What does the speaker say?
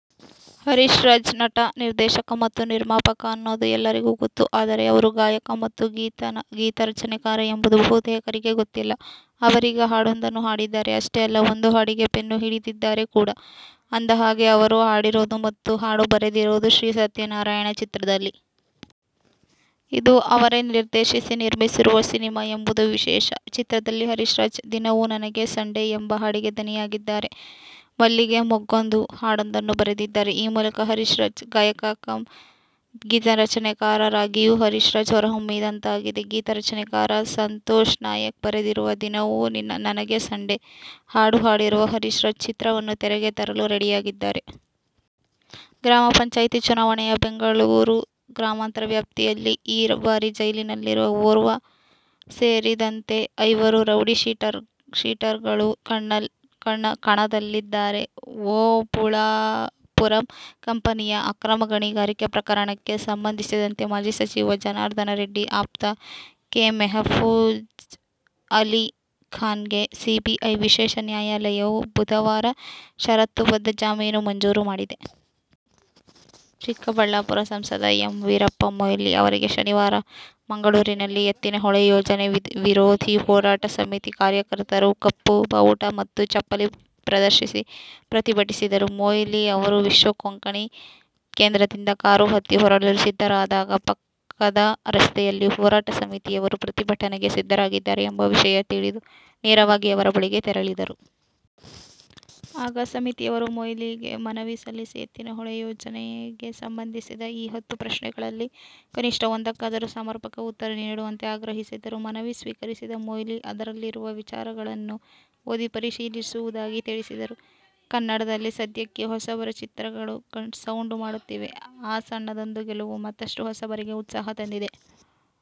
ಹರೀಶ್ರಾಜ್ ನಟ, ನಿರ್ದೇಶಕ ಮತ್ತು ನಿರ್ಮಾಪಕ ಅನ್ನೋದು ಎಲ್ಲರಿಗೂ ಗೊತ್ತು. ಆದರೆ ಅವರು ಗಾಯಕ ಮತ್ತು ಗೀತರಚನೆಕಾರ ಎಂಬುದು ಬಹುತೇಕರಿಗೆ ಗೊತ್ತಿಲ್ಲ. ಅವರೀಗ ಹಾಡೊಂದನ್ನು ಹಾಡಿದ್ದಾರೆ. ಅಷ್ಟೇ ಅಲ್ಲ, ಒಂದು ಹಾಡಿಗೆ ಪೆನ್ನು ಹಿಡಿದಿದ್ದಾರೆ ಕೂಡ. ಅಂದಹಾಗೆ, ಅವರು ಹಾಡಿರೋದು ಮತ್ತು ಹಾಡು ಬರೆದಿರೋದು "ಶ್ರೀ ಸತ್ಯನಾರಾಯಣ' ಚಿತ್ರದಲ್ಲಿ. ಇದು ಅವರೇ ನಿರ್ದೇಶಿಸಿ, ನಿರ್ಮಿಸಿರುವ ಸಿನಿಮಾ ಎಂಬುದು ವಿಶೇಷ. ಚಿತ್ರದಲ್ಲಿ ಹರೀಶ್ರಾಜ್ "ದಿನವು ನನಗೆ ಸಂಡೇ' ಎಂಬ ಹಾಡಿಗೆ ದನಿಯಾಗಿದ್ದಾರೆ. "ಮಲ್ಲಿಗೆ ಮೊಗ್ಗೊಂದು' ಹಾಡೊಂದನ್ನು ಬರೆದಿದ್ದಾರೆ. ಈ ಮೂಲಕ ಹರೀಶ್ರಾಜ್, ಗಾಯಕ ಕಮ್ ಗೀತರಚನೆಕಾರರಾಗಿಯೂ ಹರೀಶ್ರಾಜ್ ಹೊರಹೊಮ್ಮಿದಂತಾಗಿದೆ. ಗೀತರಚನೆಕಾರ ಸಂತೋಷ್ನಾಯಕ್ ಬರೆದಿರುವ "ದಿನವು ನನಗೆ ಸಂಡೇ' ಹಾಡು ಹಾಡಿರುವ ಹರೀಶ್ರಾಜ್, ಚಿತ್ರವನ್ನು ತೆರೆಗೆ ತರಲು ರೆಡಿಯಾಗಿದ್ದಾರೆ. ಗ್ರಾಮ ಪಂಚಾಯ್ತಿ ಚುನಾವಣೆಯ ಬೆಂಗಳೂರು ಗ್ರಾಮಾಂತರ ವ್ಯಾಪ್ತಿಯಲ್ಲಿ ಈ ಬಾರಿ ಜೈಲಿನಲ್ಲಿರುವ ಓರ್ವ ಸೇರಿದಂತೆ ಐವರು ರೌಡಿ ಶೀಟರ್ಗಳು ಕಣದಲ್ಲಿದ್ದಾರೆ. ಓಬುಳಾಪುರಂ ಕಂಪನಿಯ ಅಕ್ರಮ ಗಣಿಗಾರಿಕೆ ಪ್ರಕರಣಕ್ಕೆ ಸಂಬಂಧಿಸಿದಂತೆ ಮಾಜಿ ಸಚಿವ ಜನಾರ್ದನ ರೆಡ್ಡಿ ಆಪ್ತ ಕೆ. ಮೆಹಫೂಜ್ ಅಲಿ ಖಾನ್ಗೆ ಸಿಬಿಐ ವಿಶೇಷ ನ್ಯಾಯಾಲಯು ಬುಧವಾರ ಷರತ್ತುಬದ್ಧ ಜಾಮೀನು ಮಂಜೂರು ಮಾಡಿದೆ. ಚಿಕ್ಕಬಳ್ಳಾಪುರ ಸಂಸದ ಎಂ. ವೀರಪ್ಪ ಮೊಯ್ಲಿ ಅವರಿಗೆ ಶನಿವಾರ ಮಂಗಳೂರಿನಲ್ಲಿ ಎತ್ತಿನಹೊಳೆ ಯೋಜನೆ ವಿರೋಧಿ ಹೋರಾಟ ಸಮಿತಿ ಕಾರ್ಯಕರ್ತರು ಕಪ್ಪು ಬಾವುಟ ಮತ್ತು ಚಪ್ಪಲಿ ಪ್ರದರ್ಶಿಸಿ ಪ್ರತಿಭಟಿಸಿದರು. ಮೊಯ್ಲಿ ಅವರು ವಿಶ್ವ ಕೊಂಕಣಿ ಕೇಂದ್ರದಿಂದ ಕಾರು ಹತ್ತಿ ಹೊರಡಲು ಸಿದ್ಧರಾದಾಗ ಪಕ್ಕದ ರಸ್ತೆಯಲ್ಲಿ ಹೋರಾಟ ಸಮಿತಿಯವರು ಪ್ರತಿಭಟನೆಗೆ ಸಿದ್ಧರಾಗಿದ್ದಾರೆ ಎಂಬ ವಿಷಯ ತಿಳಿದು ನೇರವಾಗಿ ಅವರ ಬಳಿಗೆ ತೆರಳಿದರು. ಆಗ ಸಮಿತಿಯವರು ಮೊಯ್ಲಿಗೆ ಮನವಿ ಸಲ್ಲಿಸಿ ಎತ್ತಿನಹೊಳೆ ಯೋಜನೆಗೆ ಸಂಬಂಧಿಸಿದ ಈ ಹತ್ತು ಪ್ರಶ್ನೆಗಳಲ್ಲಿ ಕನಿಷ್ಠ ಒಂದಕ್ಕಾದರೂ ಸಮರ್ಪಕ ಉತ್ತರ ನೀಡುವಂತೆ ಆಗ್ರಹಿಸಿದರು. ಮನವಿ ಸ್ವೀಕರಿಸಿದ ಮೊಯ್ಲಿ ಅದರಲ್ಲಿರುವ ವಿಚಾರಗಳನ್ನು ಓದಿ ಪರಿಶೀಲಿಸುವುದಾಗಿ ತಿಳಿಸಿದರು. ಕನ್ನಡದಲ್ಲಿ ಸದ್ಯಕ್ಕೆ ಹೊಸಬರ ಚಿತ್ರಗಳು ಸೌಂಡು ಮಾಡುತ್ತಿವೆ. ಆ ಸಣ್ಣದೊಂದು ಗೆಲುವು ಮತ್ತಷ್ಟು ಹೊಸಬರಿಗೆ ಉತ್ಸಾಹ ತಂದಿದೆ.